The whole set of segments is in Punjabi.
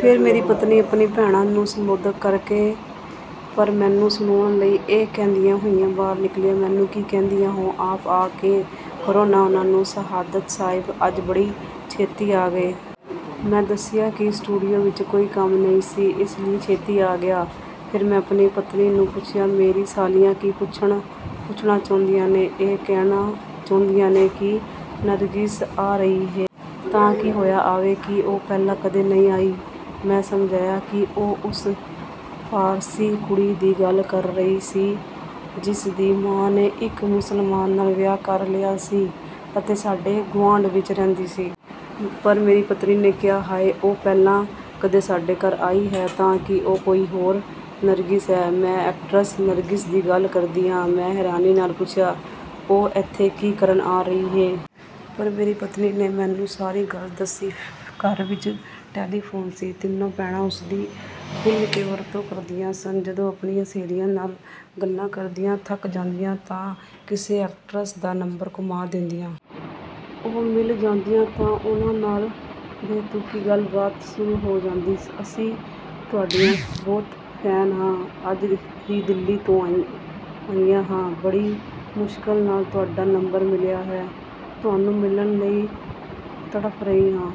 ਫਿਰ ਮੇਰੀ ਪਤਨੀ ਆਪਣੀ ਭੈਣਾਂ ਨੂੰ ਸੰਬੋਧਨ ਕਰਕੇ, ਪਰ ਮੈਨੂੰ ਸੁਣਾਉਣ ਲਈ ਇਹ ਕਹਿੰਦੀਆਂ ਹੋਈ ਬਾਹਰ ਨਿਕਲੀਆਂ, ਮੈਨੂੰ ਕੀ ਕਹਿੰਦੀਆਂ ਹੋ, ਆਪ ਆ ਕੇ ਕਰੋ ਨਾ ਉਨ੍ਹਾਂ ਨੂੰ। ਸਹਾਦਤ ਸਾਹਿਬ, ਅੱਜ ਬੜੀ ਛੇਤੀ ਆ ਗਏ? ਮੈਂ ਦੱਸਿਆ ਕਿ ਸਟੂਡੀਓ ਵਿੱਚ ਕੋਈ ਕੰਮ ਨਹੀਂ ਸੀ, ਇਸ ਲਈ ਛੇਤੀ ਆ ਗਿਆ। ਫਿਰ ਮੈਂ ਆਪਣੀ ਪਤਨੀ ਨੂੰ ਪੁੱਛਿਆ, ਮੇਰੀਆਂ ਸਾਲੀਆਂ ਕੀ ਪੁੱਛਣਾ ਚਾਹੁੰਦੀਆਂ ਨੇ? ਇਹ ਕਹਿਣਾ ਚਾਹੁੰਦੀਆਂ ਨੇ ਕਿ ਨਰਗਿਸ ਆ ਰਹੀ ਏ। ਤਾਂ ਕੀ ਹੋਇਆ, ਆਵੇ! ਕੀ ਉਹ ਪਹਿਲਾਂ ਕਦੇ ਨਹੀਂ ਆਈ? ਮੈਂ ਸਮਝਿਆ ਕਿ ਉਹ ਉਸ ਪਾਰਸੀ ਕੁੜੀ ਦੀ ਗੱਲ ਕਰ ਰਹੀ ਸੀ, ਜਿਸ ਦੀ ਮਾਂ ਨੇ ਇੱਕ ਮੁਸਲਮਾਨ ਨਾਲ ਵਿਆਹ ਕਰ ਲਿਆ ਸੀ ਅਤੇ ਸਾਡੇ ਗੁਆਂਢ ਵਿੱਚ ਰਹਿੰਦੀ ਸੀ। ਪਰ ਮੇਰੀ ਪਤਨੀ ਨੇ ਕਿਹਾ, ਹਾਏ! ਉਹ ਪਹਿਲਾਂ ਕਦੇ ਸਾਡੇ ਘਰ ਆਈ ਹੈ। ਤਾਂ ਕੀ ਉਹ ਕੋਈ ਹੋਰ ਨਰਗਿਸ ਹੈ? ਮੈਂ ਐਕਟਰਸ ਨਰਗਿਸ ਦੀ ਗੱਲ ਕਰਦੀ ਹਾਂ। ਮੈਂ ਹੈਰਾਨੀ ਨਾਲ ਪੁੱਛਿਆ, ਉਹ ਏਥੇ ਕੀ ਕਰਨ ਆ ਰਹੀ ਹੇ? ਮੇਰੀ ਪਤਨੀ ਨੇ ਮੈਨੂੰ ਸਾਰੀ ਗੱਲ ਦੱਸੀ। ਘਰ ਵਿੱਚ ਟੈਲੀਫੋਨ ਸੀ। ਤਿੰਨੇ ਭੈਣਾਂ ਉਹਦੀ ਖੁੱਲ੍ਹ ਕੇ ਵਰਤੋਂ ਕਰਦੀਆਂ ਸਨ। ਜਦੋਂ ਆਪਣੀਆਂ ਸਹੇਲੀਆਂ ਨਾਲ ਗੱਲਾਂ ਕਰਦੀਆਂ ਥੱਕ ਜਾਂਦੀਆਂ ਤਾਂ ਕਿਸੇ ਐਕਟਰਸ ਦਾ ਨੰਬਰ ਘੁਮਾ ਦਿੰਦੀਆਂ। ਉਹ ਮਿਲ ਜਾਂਦੀਆਂ ਤਾਂ ਉਹਦੇ ਨਾਲ ਬੇਤੁਕੀ ਗੱਲਬਾਤ ਸ਼ੁਰੂ ਹੋ ਜਾਂਦੀ। ਅਸੀਂ ਤੁਹਾਡੀਆਂ ਬਹੁਤ ਫੈਨ ਹਾਂ। ਅੱਜ ਹੀ ਦਿੱਲੀ ਤੋਂ ਆਈਆਂ ਹਾਂ। ਬੜੀ ਮੁਸ਼ਕਲ ਨਾਲ ਤੁਹਾਡਾ ਨੰਬਰ ਮਿਲਿਆ ਹੈ। ਤੁਹਾਨੂੰ ਮਿਲਣ ਲਈ ਤੜਫ਼ ਰਹੀਆਂ ਹਾਂ।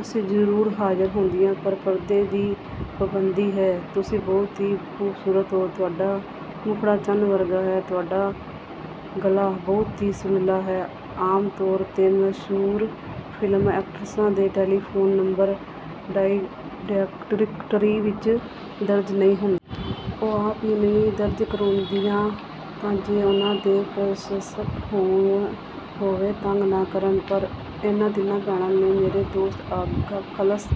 ਅਸੀਂ ਜ਼ਰੂਰ ਹਾਜ਼ਰ ਹੁੰਦੀਆਂ, ਪਰ ਪਰਦੇ ਦੀ ਪਾਬੰਦੀ ਹੈ। ਤੁਸੀਂ ਬਹੁਤ ਹੀ ਖੂਬਸੂਰਤ ਹੋ। ਤੁਹਾਡਾ ਮੁਖੜਾ ਚੰਨ ਵਰਗਾ ਹੈ। ਤੁਹਾਡਾ ਗਲਾ ਬਹੁਤ ਹੀ ਸੁਰੀਲਾ ਹੈ। ਆਮ ਤੌਰ ਤੇ ਮਸ਼ਹੂਰ ਫ਼ਿਲਮ ਐਕਟਰਸਾਂ ਦੇ ਟੈਲੀਫੋਨ ਨੰਬਰ ਡਾਇਰੈਕਟਰੀ ਵਿੱਚ ਦਰਜ ਨਹੀਂ ਹੁੰ ਉਹ ਆਪ ਹੀ ਨਹੀਂ ਦਰਜ ਕਰਵਾਉਂਦੀਆਂ ਤਾਂ ਜੋ ਉਨ੍ਹਾਂ ਦੇ ਪ੍ਰਸ਼ੰਸਕ ਹੋਵੇ ਤੰਗ ਨਾ ਕਰਨ। ਪਰ ਇਨ੍ਹਾਂ ਤਿੰਨਾਂ ਭੈਣਾਂ ਨੇ ਮੇਰੇ ਦੋਸਤ ਆਗਾ ਖ਼ਲਸ਼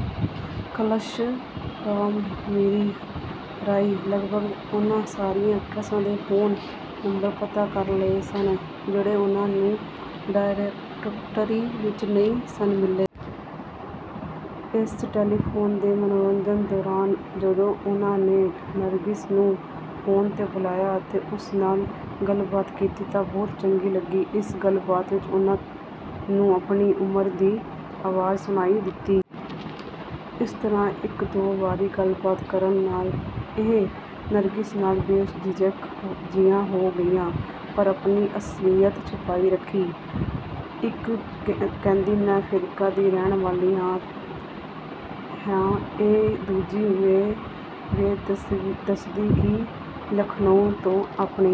ਕਾਸ਼ਮੀਰੀ ਰਾਹੀਂ ਲਗਭਗ ਉਨ੍ਹਾਂ ਸਾਰੀਆਂ ਐਕਟਰਸਾਂ ਦੇ ਫੋਨ ਨੰਬਰ ਪਤਾ ਕਰ ਲਏ ਸਨ, ਜਿਹੜੇ ਉਨ੍ਹਾਂ ਨੂੰ ਡਾਇਰੈਕਟਰੀ ਵਿੱਚ ਨਹੀਂ ਸਨ ਮਿਲੇ। ਇਸ ਟੈਲੀਫੋਨ ਦੇ ਮਨੋਰੰਜਨ ਦੌਰਾਨ ਜਦੋਂ ਉਨ੍ਹਾਂ ਨੇ ਨਰਗਿਸ ਨੂੰ ਫੋਨ 'ਤੇ ਬੁਲਾਇਆ ਅਤੇ ਉਸ ਨਾਲ ਗੱਲਬਾਤ ਕੀਤੀ ਤਾਂ ਬਹੁਤ ਚੰਗੀ ਲੱਗੀ। ਇਸ ਗੱਲਬਾਤ ਵਿੱਚ ਉਨ੍ਹਾਂ ਨੂੰ ਆਪਣੀ ਉਮਰ ਦੀ ਆਵਾਜ਼ ਸੁਣਾਈ ਦਿੱਤੀ। ਇਸ ਤਰ੍ਹਾਂ ਇੱਕ ਦੋ ਵਾਰੀ ਗੱਲਾਂਬਾਤਾਂ ਕਰਨ ਨਾਲ ਇਹ ਨਰਗਿਸ ਨਾਲ ਬੇਝਿਜਕ ਜਿਹੀਆਂ ਹੋ ਗਈਆਂ, ਪਰ ਆਪਣੀ ਅਸਲੀਅਤ ਛੁਪਾਈ ਰੱਖੀ। ਇੱਕ ਕਹਿੰਦੀ ਮੈਂ ਅਫ਼ਰੀਕਾ ਦੀ ਰਹਿਣ ਵਾਲੀ ਹਾਂ। ਇਹ ਦੂਜੀ ਵੇਰ ਦੱਸਦੀ ਕਿ ਲਖਨਊ ਤੋਂ ਆਪਣੀ